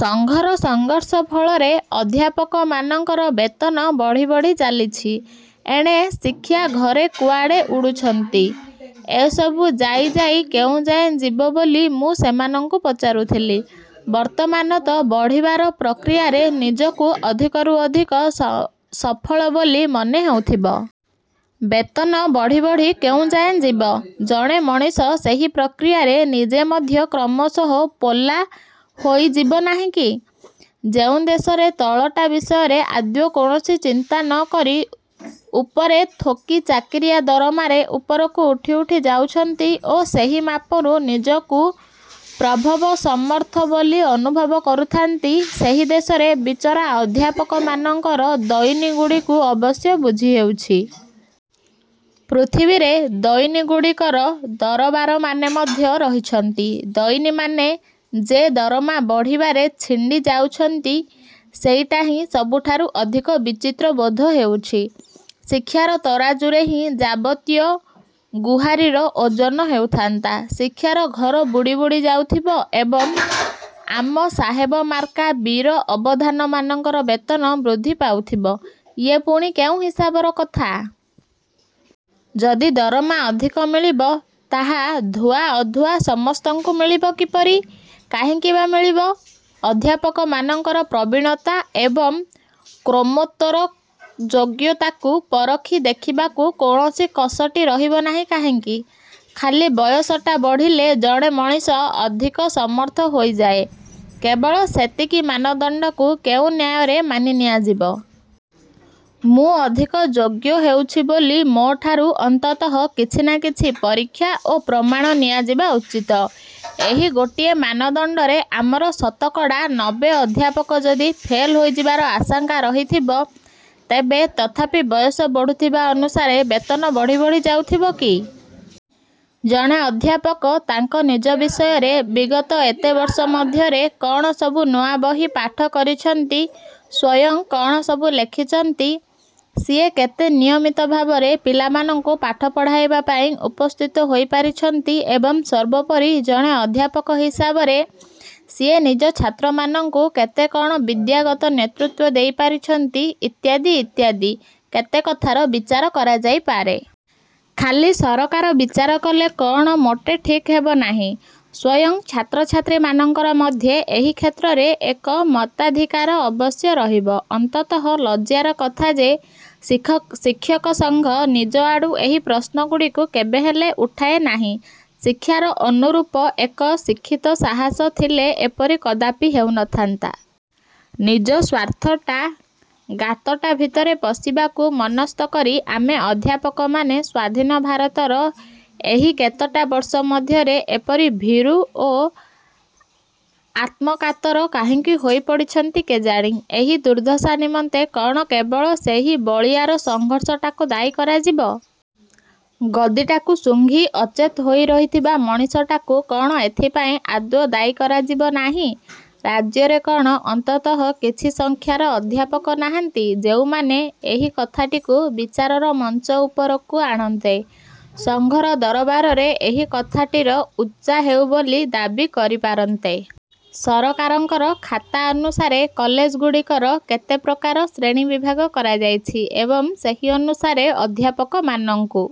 ସଂଘର ସଂଘର୍ଷ ଫଳରେ ଅଧ୍ୟାପକମାନଙ୍କର ବେତନ ବଢ଼ି ବଢ଼ି ଚାଲିଛି। ଏଣେ ଶିକ୍ଷା ଘରେ କୁଆ ଉଡୁଛନ୍ତି। ଏସବୁ ଯାଇ ଯାଇ କେଉଁଯାଏ ଯିବ ବୋଲି ମୁଁ ସେମାନଙ୍କୁ ପଚାରୁଥିଲି। ବର୍ତ୍ତମାନ ତ ବଢ଼ିବାର ପ୍ରକ୍ରିୟାରେ ନିଜକୁ ଅଧିକରୁ ଅଧିକ ସ ସଫଳ ବୋଲି ମନେ ହେଉଥିବ। ବେତନ ବଢ଼ି ବଢ଼ି କୋଉଯାଏ ଯିବ। ଜଣେ ମଣିଷ ସେହି ପ୍ରକ୍ରିୟାରେ ନିଜେ ମଧ୍ୟ କ୍ରମଶଃ ପୋଲା ହୋଇ ଯିବନାହିଁ କି? ଯେଉଁ ଦେଶରେ ତଳଟା ବିଷୟରେ ଆଦୌ କୌଣସି ଚିନ୍ତା ନକରି ଉପରେ ଥୋକେ ଚାକିରିଆ ଦରମାରେ ଉପରକୁ ଉଠି ଉଠି ଯାଉଥାନ୍ତି ଓ ସେହି ମାପରେ ନିଜକୁ ପ୍ରଭବସମର୍ଥ ବୋଲି ଅନୁଭବ କରୁଥାନ୍ତି, ସେହି ଦେଶରେ ବିଚରା ଅଧ୍ୟାପକମାନଙ୍କର ଦଇନିଗୁଡ଼ିକୁ ଅବଶ୍ୟ ବୁଝି ହେଉଛି। ପୃଥିବୀରେ ଦଇନିଗୁଡ଼ିକର ଦରବାରମାନେ ମଧ୍ୟ ରହିଛନ୍ତି। ଦଇନିମାନେ ଯେ ଦରମା ବଢ଼ିବାରେ ଛିଣ୍ଡି ଯାଉଛନ୍ତି ସେଇଟା ହିଁ ସବୁଠାରୁ ଅଧିକ ବିଚିତ୍ର ବୋଧ ହେଉଛି। ଶିକ୍ଷାର ତରାଜୁରେ ହିଁ ଯାବତୀୟ ଗୁହାରିର ଓଜନ ହେଉଥାନ୍ତା। ଶିକ୍ଷାର ଘର ବୁଡ଼ି ବୁଡ଼ି ଯାଉଥିବ ଏବଂ ଆମ ସାହେବମାର୍କା ବୀର ଅବଧାନମାନଙ୍କର ବେତନ ବୃଦ୍ଧି ପାଉଥିବ, ଇଏ ପୁଣି କେଉଁ ହିସାବର କଥା? ଯଦି ଦରମା ଅଧିକ ମିଳିବ, ତାହା ଧୁଆ ଅଧୁଆ ସମସ୍ତଙ୍କୁ ମିଳିବ କିପରି? କାହିଁକି ବା ମିଳିବ? ଅଧ୍ୟାପକମାନଙ୍କର ପ୍ରବୀଣତା ଏବଂ କ୍ରମୋତ୍ତର ଯୋଗ୍ୟତାକୁ ପରଖି ଦେଖିବାକୁ କୌଣସି କଷଟି ରହିବ ନାହିଁ କାହିଁକି? ଖାଲି ବୟସଟା ବଢ଼ିଲେ ଜଣେ ମଣିଷ ଅଧିକ ସମର୍ଥ ହୋଇଯାଏ, କେବଳ ସେତିକି ମାନଦଣ୍ଡକୁ କେଉଁ ନ୍ୟାୟରେ ମାନି ନିଆଯିବ? ମୁଁ ଅଧିକ ଯୋଗ୍ୟ ହେଉଛି ବୋଲି ମୋ ଠାରୁ ଅନ୍ତତଃ କିଛି ନା କିଛି ପରୀକ୍ଷା ଓ ପ୍ରମାଣ ନିଆଯିବା ଉଚିତ। ଏହି ଗୋଟିଏ ମାନଦଣ୍ଡରେ ଆମର ଶତକଡ଼ା ନବେ ଅଧ୍ୟାପକ ଯଦି ଫେଲ୍ ହୋଇଯିବାର ଆଶଙ୍କା ରହିଥିବ, ତେବେ ତଥାପି ବୟସ ବଢୁଥିବା ଅନୁସାରେ ବେତନ ବଢ଼ି ବଢ଼ି ଯାଉଥିବ କି? ଜଣେ ଅଧ୍ୟାପକ ତାଙ୍କ ନିଜ ବିଷୟରେ ବିଗତ ଏତେ ବର୍ଷ ମଧ୍ୟରେ କଣ ସବୁ ନୂଆ ବହି ପାଠ କରିଛନ୍ତି, ସ୍ୱୟଂ କଣ ସବୁ ଲେଖିଛନ୍ତି, ସିଏ କେତେ ନିୟମିତ ଭାବରେ ପିଲାମାନଙ୍କୁ ପାଠ ପଢ଼ାଇବା ପାଇଁ ଉପସ୍ଥିତ ହୋଇ ପାରିଛନ୍ତି, ଏବଂ ସର୍ବୋପରି, ଜଣେ ଅଧ୍ୟାପକ ହିସାବରେ ସିଏ ନିଜ ଛାତ୍ରମାନଙ୍କୁ କେତେ କଣ ବିଦ୍ୟାଗତ ନେତୃତ୍ଵ ଦେଇ ପାରିଛନ୍ତି, ଇତ୍ୟାଦି ଇତ୍ୟାଦି କେତେ କଥାର ବିଚାର କରାଯାଇପାରେ। ଖାଲି ସରକାର ବିଚାର କଲେ ତାହା ମୋଟେ ଠିକ୍ ହେବ ନାହିଁ। ସ୍ଵୟଂ ଛାତ୍ରଛାତ୍ରୀମାନଙ୍କର ମଧ୍ୟ ଏହି କ୍ଷେତ୍ରରେ ଏକ ମତାଧିକାର ଅବଶ୍ୟ ରହିବ। ଅତ୍ୟନ୍ତ ଲଜ୍ଜାର କଥା ଯେ, ଶିକ୍ଷକ ସଂଘ ନିଜ ଆଡୁ ଏହି ପ୍ରଶ୍ନଗୁଡ଼ିକ କେବେ ହେଲେ ଉଠାଏ ନାହିଁ। ଶିକ୍ଷାର ଅନୁରୂପ ଏକ ଶିକ୍ଷିତ ସାହସ ଥିଲେ ଏପରି କଦାପି ହେଉ ନଥାନ୍ତା। ନିଜ ସ୍ୱାର୍ଥର ଗାତଟା ଭିତରେ ପଶିବାକୁ ମନସ୍ଥ କରି ଆମ ଅଧ୍ୟାପକମାନେ ସ୍ୱାଧୀନ ଭାରତର ଏହି କେତେଟା ବର୍ଷ ମଧ୍ୟରେ ଏପରି ଭୀରୁ ଓ ଆତ୍ମକାତର କାହିଁକି ହୋଇ ପଡ଼ିଛନ୍ତି କେଜାଣି? ଏହି ଦୁର୍ଦ୍ଦଶା ନିମନ୍ତେ କଣ କେବଳ ସେହି ବଳୀୟାର ସଂଘଟାକୁ ଦାୟୀ କରାଯିବ? ଗଦଟାକୁ ସୁଂଘି ଅଚେତ ହୋଇ ରହିଥିବା ମଣିଷଟାକୁ କଣ ଏଥିପାଇଁ ଆଦୌ ଦାୟୀ କରାଯିବ ନାହିଁ? ରାଜ୍ୟରେ କଣ ଅନ୍ତତଃ କିଛି ସଂଖ୍ୟାର ଅଧ୍ୟାପକ ନାହାନ୍ତି, ଯେଉଁମାନେ ଏହି କଥାଟିକୁ ବିଚାରର ମଞ୍ଚ ଉପରକୁ। ଆଣନ୍ତେ, ସଂଘର ଦରବାରରେ ଏହି କଥାଟିର ଚର୍ଚ୍ଚା ହେଉ ବୋଲି ଦାବି କରି ପାରନ୍ତେ। ସରକାରଙ୍କର ଖାତା ଅନୁସାରେ କଲେଜଗୁଡ଼ିକର କେତେ ପ୍ରକାର ଶ୍ରେଣୀବିଭାଗ କରାଯାଇଛି ଏବଂ ସେହି ଅନୁସାରେ ଅଧ୍ୟାପକମାନଙ୍କୁ